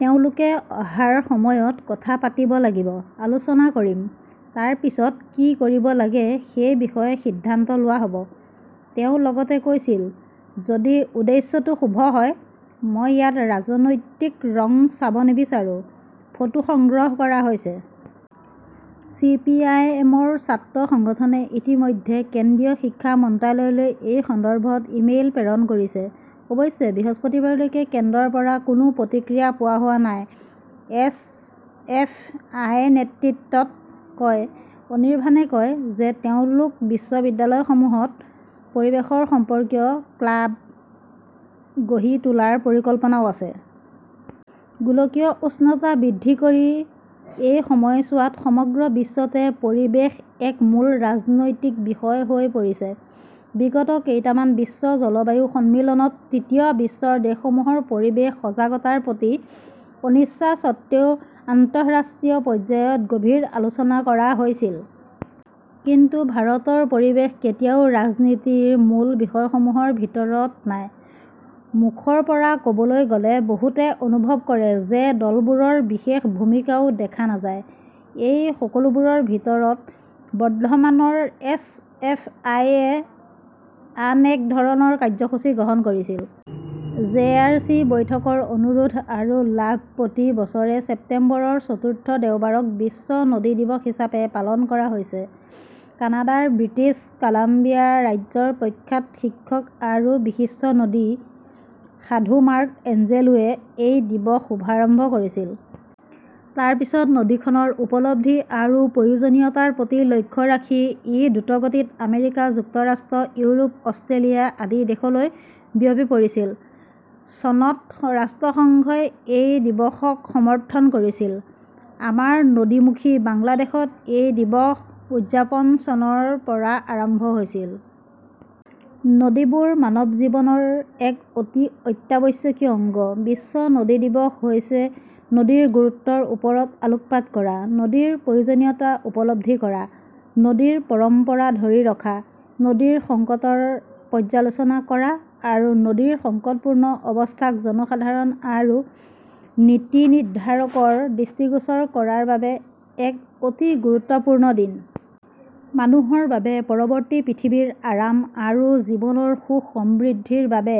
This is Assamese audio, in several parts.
তেওঁলোকে অহাৰ সময়ত কথা পাতিব লাগিব। আলোচনা কৰিম। তাৰ পিছত কি কৰিব লাগে সেই বিষয়ে সিদ্ধান্ত লোৱা হ’ব। তেওঁ লগতে কৈছিল, যদি উদ্দেশ্যটো শুভ হয়, মই ইয়াত ৰাজনৈতিক ৰং চাব নিবিচাৰো। ফটোঃ সংগ্ৰহ কৰা হৈছে। চিপিআইএমৰ ছাত্ৰ সংগঠনে ইতিমধ্যে কেন্দ্ৰীয় শিক্ষা মন্ত্ৰালয়লৈ এই সন্দৰ্ভত ই মেইল প্ৰেৰণ কৰিছে। অৱশ্যে বৃহস্পতিবাৰলৈকে কেন্দ্ৰৰ পৰা কোনো প্ৰতিক্ৰিয়া পোৱা হোৱা নাই, এছ. এফ. আই. ৰ নেতৃত্বত কয়। অনিৰভানে কয় যে তেওঁলোকৰ বিদ্যালয়সমূহত পৰিৱেশ সম্পৰ্কীয় ক্লাব গঢ়ি তোলাৰ পৰিকল্পনাও আছে। গোলকীয় উষ্ণতা বৃদ্ধিৰ এই সময়ছোৱাত সমগ্ৰ বিশ্বতে পৰিৱেশ এক মূল ৰাজনৈতিক বিষয় হৈ পৰিছে। বিগত কেইটামান বিশ্ব জলবায়ু সন্মিলনত তৃতীয় বিশ্বৰ দেশসমূহৰ পৰিৱেশ সজাগতাৰ প্ৰতি অনিচ্ছাৰ বিষয়েও আন্তঃৰাষ্ট্ৰীয় পৰ্যায়ত গভীৰভাৱে আলোচনা কৰা হৈছিল। কিন্তু ভাৰতৰ পৰিৱেশ কেতিয়াও ৰাজনীতিৰ মূল বিষয়সমূহৰ ভিতৰত নাই। মুখৰ পৰা ক’বলৈ গ’লে, বহুতে অনুভৱ কৰে যে দলবোৰৰ বিশেষ ভূমিকাও দেখা নাযায়। এই সকলোবোৰৰ ভিতৰত, বৰ্ধমানৰ এছ. এফ. আই. য়ে আন এক ধৰণৰ কাৰ্যসূচী গ্ৰহণ কৰিছিল। জে. আৰ. চি. বৈঠকৰ অনুৰোধ আৰু লাভ প্ৰতি বছৰে ছেপ্টেম্বৰৰ চতুৰ্থ দেওবাৰক বিশ্ব নদী দিৱস হিচাপে পালন কৰা হৈছে। কানাডাৰ ব্ৰিটিছ কলম্বিয়া ৰাজ্যৰ প্ৰখ্যাত শিক্ষক আৰু বিশিষ্ট নদী সাধু মাৰ্ক এঞ্জেলোৱে এই দিৱসৰ শুভাৰম্ভ কৰিছিল। তাৰ পিছত নদীখনৰ উপলব্ধি আৰু প্ৰয়োজনীয়তাৰ প্ৰতি লক্ষ্য ৰাখি ই দ্ৰুতগতিত আমেৰিকা যুক্তৰাষ্ট্ৰ, ইউৰোপ, অষ্ট্ৰেলিয়া আদি দেশলৈ বিয়পি পৰিছিল। চনত ৰাষ্ট্ৰসংঘই এই দিৱসক সমৰ্থন কৰিছিল। আমাৰ নদী-মুখী বাংলাদেশত এই দিৱস উদযাপন চনৰ পৰা আৰম্ভ হৈছিল। নদীবোৰ মানৱ জীৱনৰ এক অতি অত্যাৱশ্যকীয় অংশ। বিশ্ব নদী দিৱস হৈছে নদীৰ গুৰুত্বৰ ওপৰত আলোকপাত কৰা, নদীৰ প্ৰয়োজনীয়তা উপলব্ধি কৰা, নদীৰ পৰম্পৰা ধৰি ৰখা, নদীৰ সংকটৰ পৰ্যালোচনা কৰা আৰু নদীৰ সংকটপূৰ্ণ অৱস্থাক জনসাধাৰণ আৰু নীতি নিৰ্ধাৰকৰ দৃষ্টিগোচৰ কৰাৰ বাবে এক অতি গুৰুত্বপূৰ্ণ দিন। মানুহৰ বাবে, পৰৱৰ্তী পৃথিৱীৰ আৰাম আৰু জীৱনৰ সুখ-সমৃদ্ধিৰ বাবে।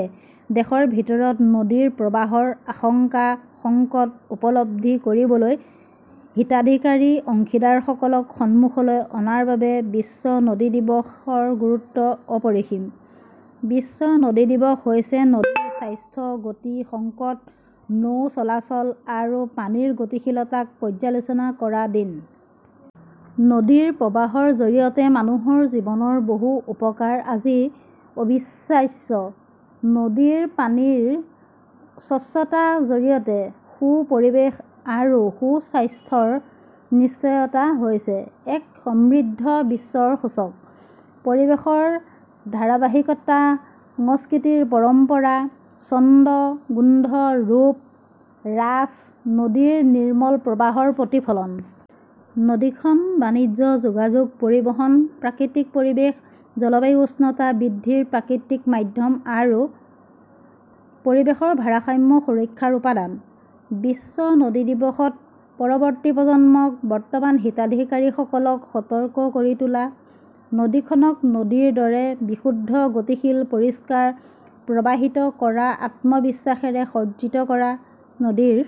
দেশৰ ভিতৰত নদীৰ প্ৰবাহৰ আশংকা-সংকট উপলব্ধি কৰিবলৈ, হিতাধিকাৰী অংশীদাৰসকলক সন্মুখলৈ অনাৰ বাবে বিশ্ব নদী দিৱসৰ গুৰুত্ব অপৰিসীম। বিশ্ব নদী দিৱস হৈছে নদীৰ স্বাস্থ্য, গতি, সংকট, নৌ-চলাচল আৰু পানীৰ গতিশীলতাক পৰ্যালোচনা কৰাৰ দিন। নদীৰ প্ৰবাহৰ জৰিয়তে মানুহৰ জীৱনৰ বহু উপকাৰ আজি অবিশ্বাস্য। নদীৰ পানীৰ স্বচ্ছতাৰ জৰিয়তে সু-পৰিৱেশ আৰু সু-স্বাস্থ্যৰ নিশ্চয়তা হৈছে এক সমৃদ্ধ বিশ্বৰ সূচক। পৰিৱেশৰ ধাৰাবাহিকতা, সংস্কৃতিৰ পৰম্পৰা, ছন্দ, গোন্ধ, ৰূপ, ৰাছ নদীৰ নিৰ্মল প্ৰবাহৰ প্ৰতিফলন। নদীখন বাণিজ্য, যোগাযোগ, পৰিবহণ, প্ৰাকৃতিক পৰিৱেশ, জলবায়ু উষ্ণতা বৃদ্ধিৰ প্ৰাকৃতিক মাধ্যম আৰু পৰিৱেশৰ ভাৰসাম্য সুৰক্ষাৰ উপাদান। বিশ্ব নদী দিৱসত, পৰৱৰ্তী প্ৰজন্মক, বৰ্তমানৰ হিতাধিকাৰীসকলক সতৰ্ক কৰি তোলা, নদীখনক নদীৰ দৰে বিশুদ্ধ, গতিশীল, পৰিষ্কাৰ, প্ৰবাহিত কৰাৰ আত্মবিশ্বাসেৰে সজ্জিত কৰা। নদীৰ